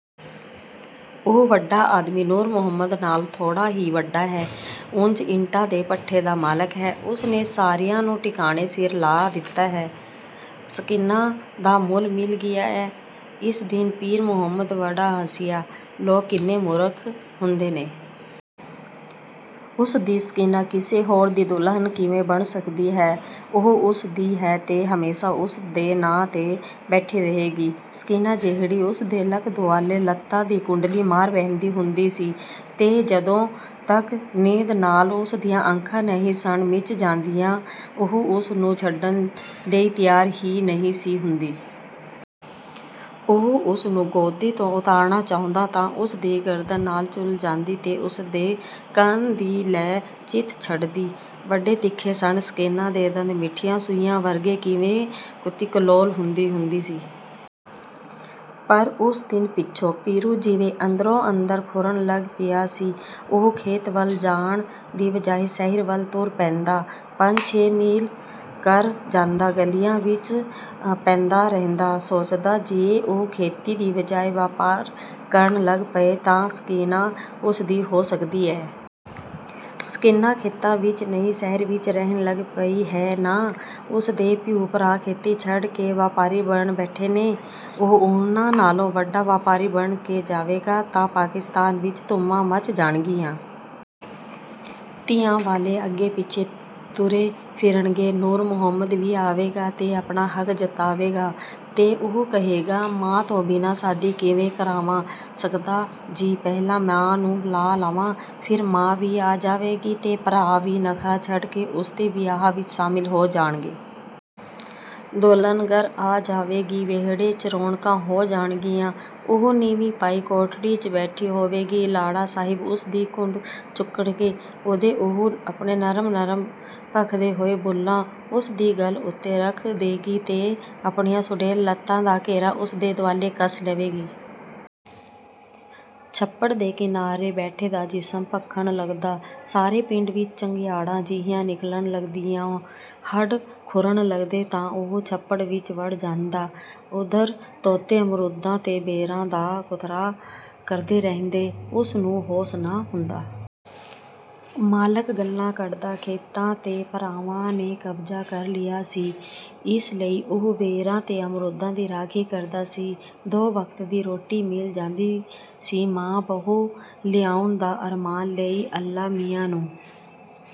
ਉਹ ਵੱਡਾ ਆਦਮੀ ਨੂਰ ਮੁਹੰਮਦ ਨਾਲੋਂ ਥੋੜ੍ਹਾ ਹੀ ਵੱਡਾ ਹੈ। ਉਂਜ ਇੱਟਾਂ ਦੇ ਭੱਠੇ ਦਾ ਮਾਲਕ ਹੈ। ਉਸਨੇ ਸਾਰਿਆਂ ਨੂੰ ਠਿਕਾਣੇ ਸਿਰ ਲਾ ਦਿੱਤਾ ਏ। ਸਕੀਨਾ ਦਾ ਮੁੱਲ ਮਿਲ ਗਿਆ ਏ। ਉਸ ਦਿਨ ਪੀਰ ਮੁਹੰਮਦ ਬੜਾ ਹੱਸਿਆ, ਲੋਕ ਕਿੰਨੇ ਮੂਰਖ ਹੁੰਦੇ ਨੇ। ਉਸਦੀ ਸਕੀਨਾ ਕਿਸੇ ਹੋਰ ਦੀ ਦੁਲਹਨ ਕਿਵੇਂ ਬਣ ਸਕਦੀ ਹੈ। ਉਹ ਉਸਦੀ ਹੈ ਤੇ ਹਮੇਸ਼ਾ ਉਸੇ ਦੇ ਨਾਂ 'ਤੇ ਬੈਠੀ ਰਹੇਗੀ। ਸਕੀਨਾ ਜਿਹੜੀ ਉਸਦੇ ਲੱਕ ਦੁਆਲੇ ਲੱਤਾਂ ਦੀ ਕੁੰਡਲੀ ਮਾਰ ਬਹਿੰਦੀ ਹੁੰਦੀ ਸੀ ਤੇ ਜਦੋਂ ਤੱਕ ਨੀਂਦ ਨਾਲ ਉਸਦੀਆਂ ਅੱਖਾਂ ਨਹੀਂ ਸਨ ਮੀਚ ਜਾਂਦੀਆਂ, ਉਹ ਉਸਨੂੰ ਛੱਡਣ ਲਈ ਤਿਆਰ ਹੀ ਨਹੀਂ ਸੀ ਹੁੰਦੀ। ਉਹ ਉਸਨੂੰ ਗੋਦੀ ਤੋਂ ਉਤਾਰਨਾ ਚਾਹੁੰਦਾ ਤਾਂ ਉਸਦੀ ਗਰਦਨ ਨਾਲ ਝੂਲ ਜਾਂਦੀ ਤੇ ਉਸਦੇ ਕੰਨ ਦੀ ਲੌ ਚਿੱਥ ਛੱਡਦੀ। ਬੜੇ ਤਿੱਖੇ ਸਨ, ਸਕੀਨਾ ਦੇ ਦੰਦ ਮਿੱਠੀਆਂ ਸੂਈਆਂ ਵਰਗੇ ਕਿਵੇਂ ਕੁੱਤੀ-ਕਲੋਲ ਹੁੰਦੀ ਹੁੰਦੀ ਸੀ। ਪਰ ਉਸ ਦਿਨ ਪਿੱਛੋਂ ਪੀਰੂ ਜਿਵੇਂ ਅੰਦਰੋਂ ਅੰਦਰ ਖੁਰਨ ਲੱਗ ਪਿਆ ਸੀ। ਉਹ ਖੇਤਾਂ ਵੱਲ ਜਾਣ ਦੇ ਬਜਾਏ ਸ਼ਹਿਰ ਵੱਲ ਤੁਰ ਪੈਂਦਾ। ਪੰਜ-ਛੇ ਮੀਲ ਕਰ ਜਾਂਦਾ। ਗਲੀਆਂ ਵਿੱਚ ਭੌਂਦਾ ਰਹਿੰਦਾ। ਸੋਚਦਾ, ਜੇ ਉਹ ਖੇਤੀ ਦੇ ਬਜਾਏ ਵਪਾਰ ਕਰਨ ਲੱਗ ਪਏ ਤਾਂ ਸਕੀਨਾ ਉਸਦੀ ਹੋ ਸਕਦੀ ਹੈ। ਸਕੀਨਾ ਖੇਤਾਂ ਵਿੱਚ ਨਹੀਂ ਸ਼ਹਿਰ ਵਿੱਚ ਰਹਿਣ ਲੱਗ ਪਈ ਹੈ ਨਾ। ਉਸਦੇ ਪਿਓ-ਭਰਾ ਖੇਤੀ ਛੱਡ ਕੇ ਵਪਾਰੀ ਬਣ ਬੈਠੇ ਨੇ। ਉਹ ਉਹਨਾਂ ਨਾਲੋਂ ਵੱਡਾ ਵਪਾਰੀ ਬਣ ਕੇ ਜਾਵੇਗਾ ਤਾਂ ਪਾਕਿਸਤਾਨ ਵਿੱਚ ਧੂਮਾਂ ਮੱਚ ਜਾਣਗੀਆਂ। ਧੀਆਂ ਵਾਲੇ ਅੱਗੇ-ਪਿੱਛੇ ਤੁਰੇ ਫਿਰਨਗੇ। ਨੂਰ ਮੁਹੰਮਦ ਵੀ ਆਵੇਗਾ ਤੇ ਆਪਣਾ ਹੱਕ ਜਤਾਵੇਗਾ ਤੇ ਉਹ ਕਹੇਗਾ,"ਮਾਂ ਤੋਂ ਬਿਨਾਂ ਸ਼ਾਦੀ ਕਿਵੇਂ ਕਰਵਾ ਸਕਦਾਂ ਜੀ, ਪਹਿਲਾਂ ਮਾਂ ਨੂੰ ਬੁਲਾ ਲਵਾਂ।"ਫਿਰ ਮਾਂ ਵੀ ਆ ਜਾਵੇਗੀ ਤੇ ਭਰਾ ਵੀ ਨਖ਼ਰਾ ਛੱਡ ਕੇ ਉਸਦੇ ਵਿਆਹ ਵਿੱਚ ਸ਼ਾਮਲ ਹੋ ਜਾਣਗੇ। ਦੁਲਹਨ ਘਰ ਆ ਜਾਏਗੀ। ਵਿਹੜੇ 'ਚ ਰੌਣਕਾਂ ਹੋ ਜਾਣਗੀਆਂ। ਉਹ ਨੀਵੀਂ ਪਾਈ ਕੋਠੜੀ 'ਚ ਬੈਠੀ ਹੋਏਗੀ। ਲਾੜਾ ਸਾਹਿਬ ਉਸਦਾ ਘੁੰਡ ਚੁੱਕਣਗੇ। ਉਦੋਂ ਉਹ ਆਪਣੇ ਨਰਮ-ਨਰਮ ਭਖਦੇ ਹੋਏ ਬੁੱਲ੍ਹ ਉਸਦੀ ਗੱਲ੍ਹ ਉੱਤੇ ਰੱਖ ਦੇਗੀ ਤੇ ਆਪਣੀਆਂ ਸੁਡੌਲ ਲੱਤਾਂ ਦਾ ਘੇਰਾ ਉਸ ਦੁਆਲੇ ਕੱਸ ਲਏਗੀ। ਛੱਪੜ ਦੇ ਕਿਨਾਰੇ ਬੈਠੇ ਦਾ ਜਿਸਮ ਭਖਣ ਲੱਗਦਾ, ਸਾਰੇ ਪਿੰਡੇ ਵਿੱਚੋਂ ਚੰਗਿਆੜੀਆਂ ਜਿਹੀਆਂ ਨਿਕਲਣ ਲੱਗਦੀਆਂ, ਹੱਡ ਖੁਰਨ ਲੱਗਦੇ ਤਾਂ ਉਹ ਛੱਪੜ ਵਿੱਚ ਵੜ ਜਾਂਦਾ। ਉਧਰ ਤੋਤੇ ਅਮਰੂਦਾਂ ਤੇ ਬੇਰਾਂ ਦਾ ਕੁਤਰਾ ਕਰਦੇ ਰਹਿੰਦੇ, ਉਸ ਨੂੰ ਹੋਸ਼ ਨਾ ਹੁੰਦਾ। ਮਾਲਕ ਗਾਲ੍ਹਾਂ ਕੱਢਦਾ। ਖੇਤਾਂ 'ਤੇ ਭਰਾਵਾਂ ਨੇ ਕਬਜ਼ਾ ਕਰ ਲਿਆ ਸੀ, ਇਸ ਲਈ ਉਹ ਬੇਰਾਂ ਤੇ ਅਮਰੂਦਾਂ ਦੀ ਰਾਖੀ ਕਰਦਾ ਸੀ। ਦੋ ਵਕਤ ਦੀ ਰੋਟੀ ਮਿਲ ਜਾਂਦੀ ਸੀ। ਮਾਂ, ਬਹੂ ਲਿਆਉਣ ਦਾ ਅਰਮਾਨ ਲਈ ਅੱਲਾ ਮੀਆਂ ਨੂੰ।